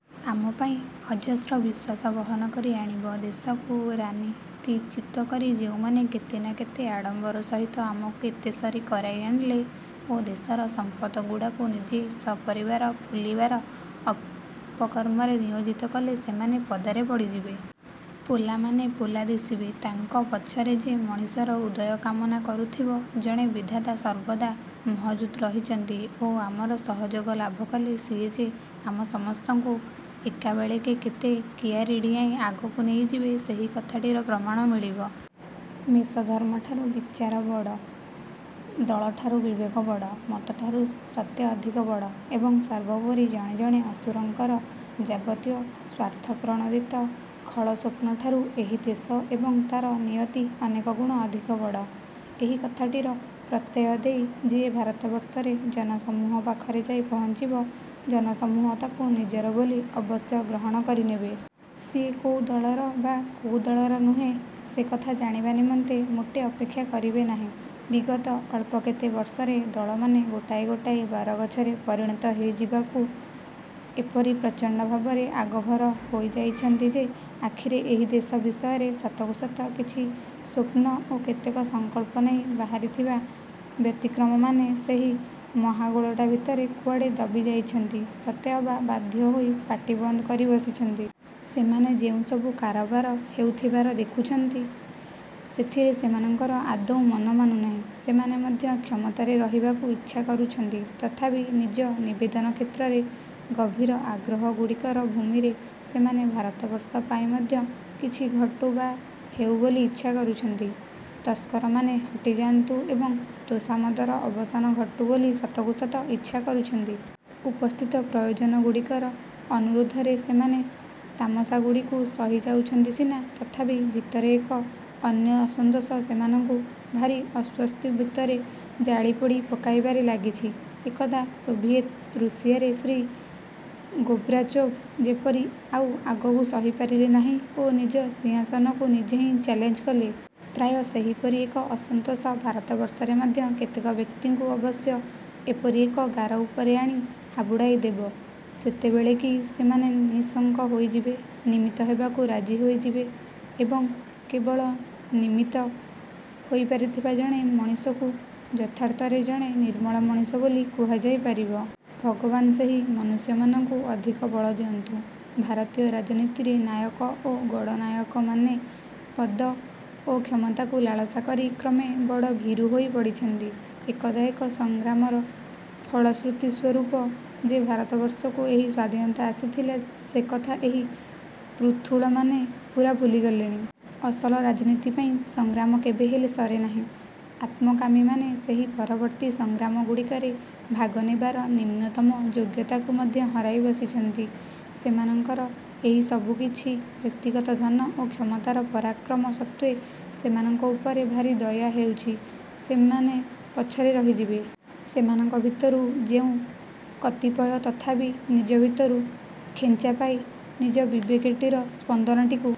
ଆମ ପାଇଁ ଅଯସ୍ର ବିଶ୍ୱାସ ବହନ କରି ଆଣିବ। ଦେଶକୁ ରାନୀତିଚ୍ୟୁତ କରି ଯେଉଁମାନେ କେତେ ନା କେତେ ଆଡ଼ମ୍ବର ସହିତ ଆମକୁ ଏତେ ସରି କରାଇ ଆଣିଲେ ଓ ଦେଶର ସମ୍ପଦଗୁଡ଼ାକୁ ନିଜେ ସପରିବାର ଫୁଲିବାର ଅପକର୍ମରେ ନିୟୋଜିତ କଲେ ସେମାନେ ପଦାରେ ପଡ଼ିଯିବେ। ପୋଲାମାନେ ପୋଲା ଦିଶିବେ। ତାଙ୍କ ପଛରେ ଯେ ମଣିଷର ଉଦୟ କାମନା କରୁଥିବା ଜଣେ ବିଧାତା ସର୍ବଦା ମହଜୁଦ ରହିଛନ୍ତି ଓ ଆମର ସହଯୋଗ ଲାଭ କଲେ ସିଏ ଯେ ଆମ ସମସ୍ତଙ୍କୁ ଏକାବେଳେକେ କେତେ କିଆରୀ ଡ଼ିଆଁଇ ଆଗକୁ ନେଇଯିବେ ସେହି କଥାଟିର ପ୍ରମାଣ ମିଳିବ। ମେଷଧର୍ମ ଠାରୁ ବିଚାର ବଡ଼, ଦଳ ଠାରୁ ବିବେକ ବଡ଼, ମତ ଠାରୁ ସତ୍ୟ ଅଧିକ ବଡ଼ ଏବଂ ସର୍ବୋପରି ଜଣେ ଜଣେ ଅସୁରଙ୍କର ଯାବତୀୟ ସ୍ୱାର୍ଥପ୍ରଣୋଦିତ ଖଳସ୍ୱପ୍ନ ଠାରୁ ଏହି ଦେଶ ଏବଂ ତାର ନିୟତି ଅନେକଗୁଣ ଅଧିକ ବଡ଼, ଏହି କଥାଟିର ପ୍ରତ୍ୟୟ ଦେଇ ଯିଏ ଭାରତବର୍ଷରେ ଜନସମୂହ ପାଖରେ ଯାଇ ପହଞ୍ଚିବ, ଜନସମୂହ ତାକୁ ନିଜର ବୋଲି ଅବଶ୍ୟ ଗ୍ରହଣ କରିନେବେ। ସିଏ କୋଉ ଦଳର ବା କୋଉ ଦଳର ନୁହେଁ ସେ କଥା ଜାଣିବା ନିମନ୍ତେ ମୋଟେ ଅପେକ୍ଷା କରିବେ ନାହିଁ। ବିଗତ ଅଳ୍ପ କେତେ ବର୍ଷରେ ଦଳମାନେ ଗୋଟାଏ ଗୋଟାଏ ବରଗଛରେ ପରିଣତ ହୋଇଯିବାକୁ ଏପରି ପ୍ରଚଣ୍ଡ ଭାବରେ ଆଗଭର ହୋଇଯାଇଛନ୍ତି ଯେ ଆଖିରେ ଏହି ଦେଶ ବିଷୟରେ ସତକୁ ସତ କିଛି ସ୍ୱପ୍ନ ଓ କେତେକ ସଂକଳ୍ପ ନେଇ ବାହାରିଥିବା ବ୍ୟତିକ୍ରମମାନେ ସେହି ମହାଗୋଳଟା ଭିତରେ କୁଆଡ଼େ ଦବି ଯାଇଛନ୍ତି, ସତେଅବା ବାଧ୍ୟ ହୋଇ ପାଟି ବନ୍ଦ କରି ବସିଛନ୍ତି। ସେମାନେ ଯେଉଁସବୁ କାରବାର ହେଉଥିବାର ଦେଖୁଛନ୍ତି, ସେଥିରେ ସେମାନଙ୍କର ଆଦୌ ମନ ମାନୁନାହିଁ। ସେମାନେ ମଧ୍ୟ କ୍ଷମତାରେ ରହିବାକୁ ଇଚ୍ଛା କରୁଛନ୍ତି ତଥାପି ନିଜ ନିବେଦନ କ୍ଷେତ୍ରର ଗଭୀର ଆଗ୍ରହଗୁଡ଼ିକର ଭୂମିରେ ସେମାନେ ଭାରତବର୍ଷ ପାଇଁ ମଧ୍ୟ କିଛି ଘଟୁ ବା ହେଉ ବୋଲି ଇଚ୍ଛା କରୁଛନ୍ତି, ତସ୍କରମାନେ ହଟିଯାଆନ୍ତୁ ଏବଂ ତୋଷାମଦର ଅବସାନ ଘଟୁ ବୋଲି ସତକୁ ସତ ଇଚ୍ଛା କରୁଛନ୍ତି। ଉପସ୍ଥିତ ପ୍ରୟୋଜନଗୁଡ଼ିକର ଅନୁରୋଧରେ ସେମାନେ ତାମସାଗୁଡ଼ିକୁ ସହି ଯାଉଛନ୍ତି ସିନା ତଥାପି ଭିତରେ ଏକ ଅନ୍ୟ ଅସନ୍ତୋଷ ସେମାନଙ୍କୁ ଭାରି ଅଶ୍ୱସ୍ତି ଭିତରେ ଜାଳି ପୋଡ଼ି ପକାଇବାରେ ଲାଗିଛି। ଏକଦା ସୋଭିଏତ୍ ଋଷିଆରେ ଶ୍ରୀ ଗୋର୍ବାଚୋଭ୍ ଯେପରି ଆଉ ଆଗକୁ ସହି ପାରିଲେ ନାହିଁ ଓ ନିଜ ସିଂହାସନକୁ ନିଜେ ହିଁ ଚ୍ୟାଲେଞ୍ଜ କଲେ। ପ୍ରାୟ ସେହିପରି ଏକ ଅସନ୍ତୋଷ ଭାରତବର୍ଷରେ ମଧ୍ୟ କେତେକ ବ୍ୟକ୍ତିଙ୍କୁ ଅବଶ୍ୟ ଏପରି ଏକ ଗାର ଉପରେ ଆଣି ହାବୁଡ଼ାଇ ଦେବ, ଯେତେବେଳେ କି ସେମାନେ ନିଃଶଙ୍କ ହୋଇଯିବେ, ନିମିତ୍ତ ହେବାକୁ ରାଜି ହୋଇଯିବେ। ଏବଂ କେବଳ ନିମିତ୍ତ ହୋଇପାରୁଥିବା ଜଣେ ମଣିଷକୁ ଯଥାର୍ଥରେ ଜଣେ ନିର୍ମଳ ମଣିଷ ବୋଲି କୁହାଯାଇ ପାରିବ। ଭଗବାନ ସେହି ମନୁଷ୍ୟମାନଙ୍କୁ ଅଧିକ ବଳ ଦିଅନ୍ତୁ। ଭାରତୀୟ ରାଜନୀତିରେ ନାୟକ ଓ ଗଡ଼ନାୟକମାନେ ପଦ ଓ କ୍ଷମତାକୁ ଲାଳସା କରି କ୍ରମେ ବଡ଼ ଭୀରୁ ହୋଇ ପଡ଼ିଛନ୍ତି। ଏକଦା ଏକ ସଂଗ୍ରାମର ଫଳଶ୍ରୁତି ସ୍ୱରୂପ ଯେ ଭାରତବର୍ଷକୁ ଏହି ସ୍ଵାଧୀନତା ଆସିଥିଲା ସେ କଥା ଏହି ପୃଥୁଳମାନେ ପୂରା ଭୁଲିଗଲେଣି। ଅସଲ ରାଜନୀତି ପାଇଁ ସଂଗ୍ରାମ କେବେହେଲେ ସରେନାହିଁ। ଆତ୍ମକାମୀମାନେ ସେହି ପରବର୍ତ୍ତୀ ସଂଗ୍ରାମଗୁଡ଼ିକରେ ଭାଗ ନେବାର ନିମ୍ନତମ ଯୋଗ୍ୟତାକୁ ମଧ୍ୟ ହରାଇ ବସିଛନ୍ତି। ସେମାନଙ୍କର ଏହି ସବୁକିଛି ବ୍ୟକ୍ତିଗତ ଧନ ଓ କ୍ଷମତାର ପରାକ୍ରମ ସତ୍ତ୍ୱେ ସେମାନଙ୍କ ଉପରେ ଭାରି ଦୟା ହେଉଛି। ସେମାନେ ପଛରେ ରହିଯିବେ। ସେମାନଙ୍କ ଭିତରୁ ଯେଉଁ କତିପୟ ତଥାପି ନିଜ ଭିତରୁ ଖେଞ୍ଚା ପାଇ ନିଜ ବିବେକଟିର ସ୍ପନ୍ଦନଟିକୁ